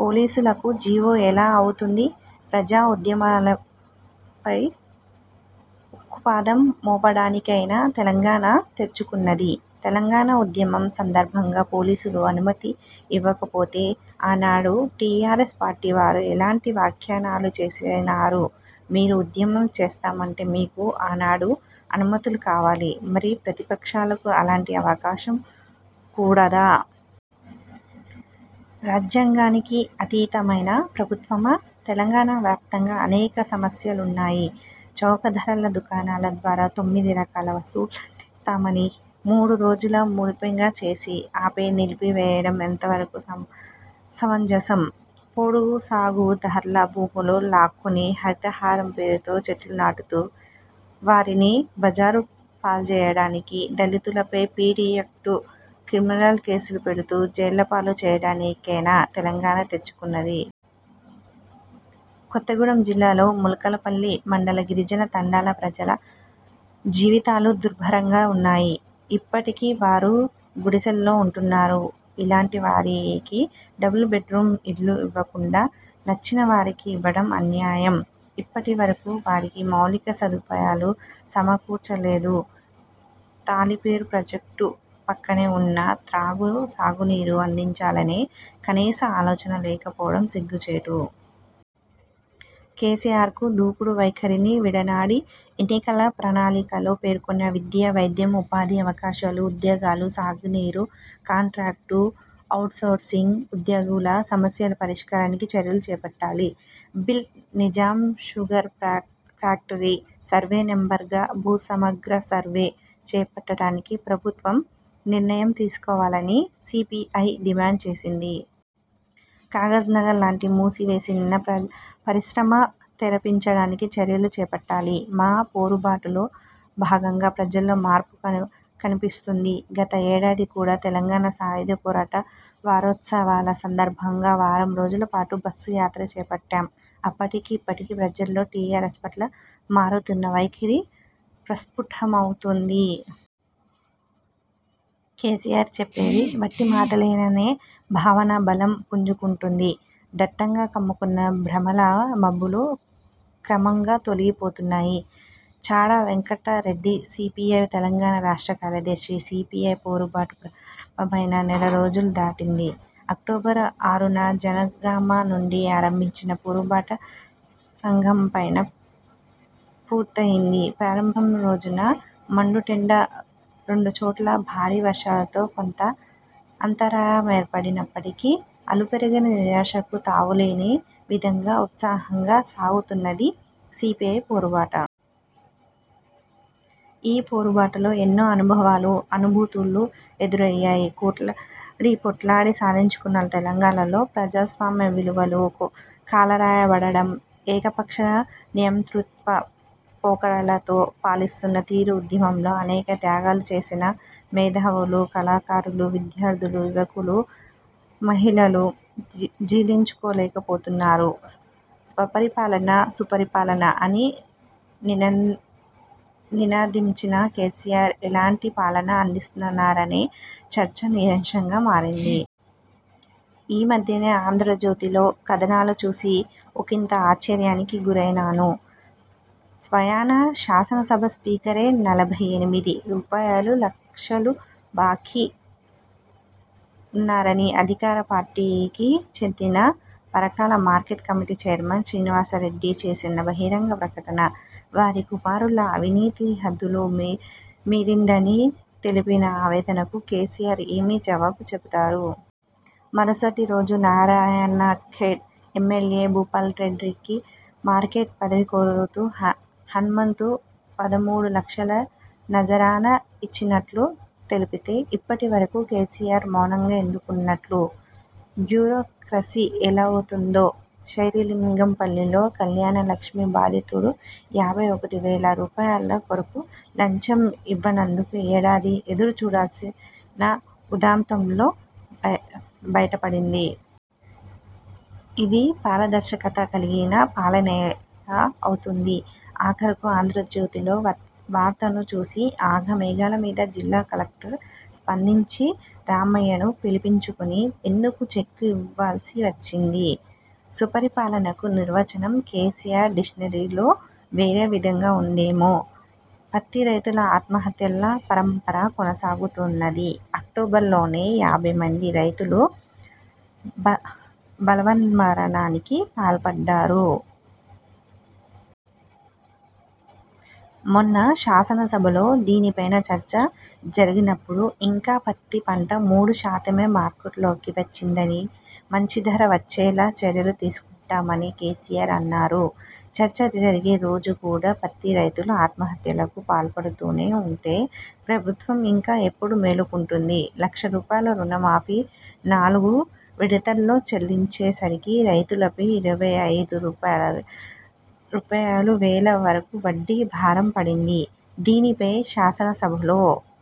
పోలీసులకు జీవో ఎలా అవుతుంది. ప్రజా ఉద్యమాలపై ఉక్కుపాదం మోపడానికేనా తెలంగాణ తెచ్చుకున్నది. తెలంగాణ ఉద్యమం సందర్భంగా పోలీసులు అనుమతి ఇవ్వకపోతే ఆనాడు టీఆర్ఎస్ పార్టీ వారు ఎలాంటి వ్యాఖ్యానాలు చేసినారు. మీరు ఉద్యమం చేస్తామంటే మీకు ఆనాడు అనుమతులు కావాలి. మరి ప్రతిపక్షాలకు అలాంటి అవకాశం కూడదా? రాజ్యాంగానికి అతీతమైన ప్రభుత్వమా? తెలంగాణ వ్యాప్తంగా అనేక సమస్యలున్నాయి. చౌక ధరల దుకాణాల ద్వారా తొమ్మిది రకాల వస్తువులందిస్తామని మూడురోజుల మురిపెంగా చేసి, ఆపై నిలిపివేయడం ఎంతవరకు సమంజసం. పోడుసాగుదార్ల భూములు లాక్కొని హరితహారం పేరుతో చెట్లు నాటుతూ, వారిని బజారు పాల్జేయటానికీ, దళితులపై పీడీ యాక్టు, క్రిమినల్ కేసులు పెడుతూ జైళ్ళ పాలు చేయడానికేనా తెలంగాణ తెచ్చుకున్నది? కొత్తగూడెం జిల్లాలో ముల్కలపల్లి మండల గిరిజన తండాల ప్రజల జీవితాలు దుర్భరంగా ఉన్నాయి. ఇప్పటికీ వారు గుడిసెల్లో ఉంటున్నారు. ఇలాంటి వారికి డబుల్ బెడ్రూమ్ ఇండ్లు ఇవ్వకుండా, నచ్చినవారికి ఇవ్వడం అన్యాయం. ఇప్పటి వరకు వారికి మౌలిక సదుపాయలు సమకూర్చలేదు. తాలిపేరు ప్రాజెక్టు పక్కనే ఉన్నా, త్రాగు, సాగునీరు అందించాలనే కనీస ఆలోచన లేకపోవడం సిగ్గుచేటు. కేసీఆర్కు దూకుడు వైఖరిని విడనాడి ఎన్నికల ప్రణాళికలో పేర్కొన్న విద్య, వైద్యం, ఉపాధి అవకాశాలు, ఉద్యోగాలు, సాగునీరు, కాంట్రాక్టు, ఔట్సోర్సింగ్ ఉద్యోగుల సమస్యల పరిష్కారానికి చర్యలు చేపట్టాలి. బిల్ట్, నిజాం షుగర్ ఫ్యాక్టరీ సర్వేనెంబర్గా భూసమగ్ర సర్వే చేపట్టడానికి ప్రభుత్వం నిర్ణయంతీసుకోవాలని సీపీఐ డిమాండ్ చేసింది. కాగజ్నగర్ లాంటి మూసివేసిన పరిశ్రమ తెరపించడానికి చర్యలు చేపట్టాలి. మా పోరుబాటులో భాగంగా ప్రజల్లో మార్పు కనిపిస్తుంది. గత ఏడాది కూడా తెలంగాణ సాయుధ పోరాట వారోత్సవాల సందర్భంగా వారం రోజుల పాటు బస్సు యాత్ర చేపట్టాం. అప్పటికీ ఇప్పటికీ ప్రజల్లో టీఆర్ఎస్ పట్ల మారుతున్న వైఖరి ప్రస్ఫుటమవుతోంది. కేసీఆర్ చెప్పేవి వట్టి మాటలేననే భావన బలం పుంజుకుంటోంది. దట్టంగా కమ్ముకున్న భ్రమల మబ్బులు క్రమంగా తొలగిపోతున్నాయి. చాడ వెంకటరెడ్డిసీపీఐ తెలంగాణ రాష్ట్ర కార్యదర్శి సీపీఐ పోరుబాటు ప్రారంభమై నెలరోజులు దాటింది. అక్టోబరు ఆరున జనగామ నుండి ఆరంభించిన పోరుబాట సగంపైగా పూర్తయింది. ప్రారంభం రోజున మండుటెండ, రెండు చోట్ల భారీ వర్షాలతో కొంత అంతరాయమేర్పడినప్పటికీ, అలుపెరగని, నిరాశకు తావులేని విధంగా ఉత్సాహంగా సాగుతున్నది సీపీఐ పోరుబాట. ఈ పోరుబాటలో ఎన్నో అనుభవాలు, అనుభూతులు ఎదురయ్యాయి. కొట్లాడి, పోట్లాడి సాధించుకున్న తెలంగాణలో ప్రజాస్వామ్య విలువలు కాలరాయబడటం ఏకపక్ష నియంతృత్వ పోకడలతో పాలిస్తున్న తీరు ఉద్యమంలో అనేక త్యాగాలు చేసిన మేధావులు, కళాకారులు, విద్యార్థులు, యువకులు, మహిళలు జీర్ణించుకోలేకపోతున్నారు. స్వపరిపాలన, సుపరిపాలన అని నినదించిన కేసీఆర్ ఎలాంటి పాలన అందిస్తున్నారనేది చర్చనీయాంశంగా మారింది. ఈ మధ్యనే ఆంధ్రజ్యోతిలో కథనాలు చూసి ఒకింత ఆశ్చర్యానికి గురైనాను. స్వయాన శాసనసభ స్పీకరే నలభై ఎనిమిది రూపాయలులక్షలు బాకీ ఉన్నారని అధికార పార్టీకి చెందిన Parakala market committee chairman Srinivasareddy చేసిన బహిరంగ ప్రకటన. వారి కుమారుల అవినీతి హద్దులు మీరిందని తెలిపిన ఆవేదనకు కేసీఆర్ ఏమి జవాబు చెబుతారు. మరుసటి రోజు నారాయణఖేడ్ ఎమ్మెల్యే భూపాల్రెడ్డికి మార్కెట్ పదవి కొరకు హన్మంతు పదమూడు లక్షల నజరాన ఇచ్చినట్లు తెలిపితే ఇప్పటి వరకు కేసీఆర్ మౌనంగా ఎందుకున్నట్లు? బ్యూరోక్రసి ఎలావున్నదో శేరిలింగంపల్లిలో కళ్యాణలక్ష్మి బాధితుడు యాభై ఒకటి వేల రూపాయలు కొరకు లంచం ఇవ్వనందుకు ఏడాది ఎదురు చూడాల్సిన ఉదంతంలో బైటపడింది. ఇది పారదర్శకత కలిగిన పాలనెలా అవుతుంది. ఆఖరుకు ఆంధ్రజ్యోతిలో వార్తను చూసి ఆఘమేఘాల మీద జిల్లా కలెక్టర్ స్పందించి రామయ్యను పిలిపించుకొని ఎందుకు చెక్కు ఇవ్వాల్సి వచ్చింది? సుపరిపాలనకు నిర్వచనం కేసీఆర్ డిక్షనరీలో వేరే విధంగా ఉందేమో? పత్తి రైతుల ఆత్మహత్యల పరంపర కొనసాగుతున్నది. అక్టోబర్లోనే యాభైమంది రైతులు బా బలవన్మరణానికి పాల్పడ్డారు. మొన్న శాసనసభలో దీనిపై చర్చ జరిగినప్పుడు ఇంకా పత్తిపంట మూడు శాతమే మార్కెట్లోకి వచ్చిందని, మంచి ధర వచ్చేలా చర్యలుతీసుకుంటామని కేసీఆర్ అన్నారు. చర్చ జరిగే రోజు కూడా పత్తి రైతులు ఆత్మహత్యలకు పాల్పడుతూనే ఉంటే, ప్రభుత్వం ఇంకా ఎప్పుడు మేలుకుంటుంది. లక్ష రూపాయల రుణమాఫీ నాలుగు విడతల్లో చెల్లించే సరికి రైతులపై ఇరవై ఐదు రూపాయలువేల వరకు వడ్డీ భారం పడింది. దీనిపై శాసనసభలో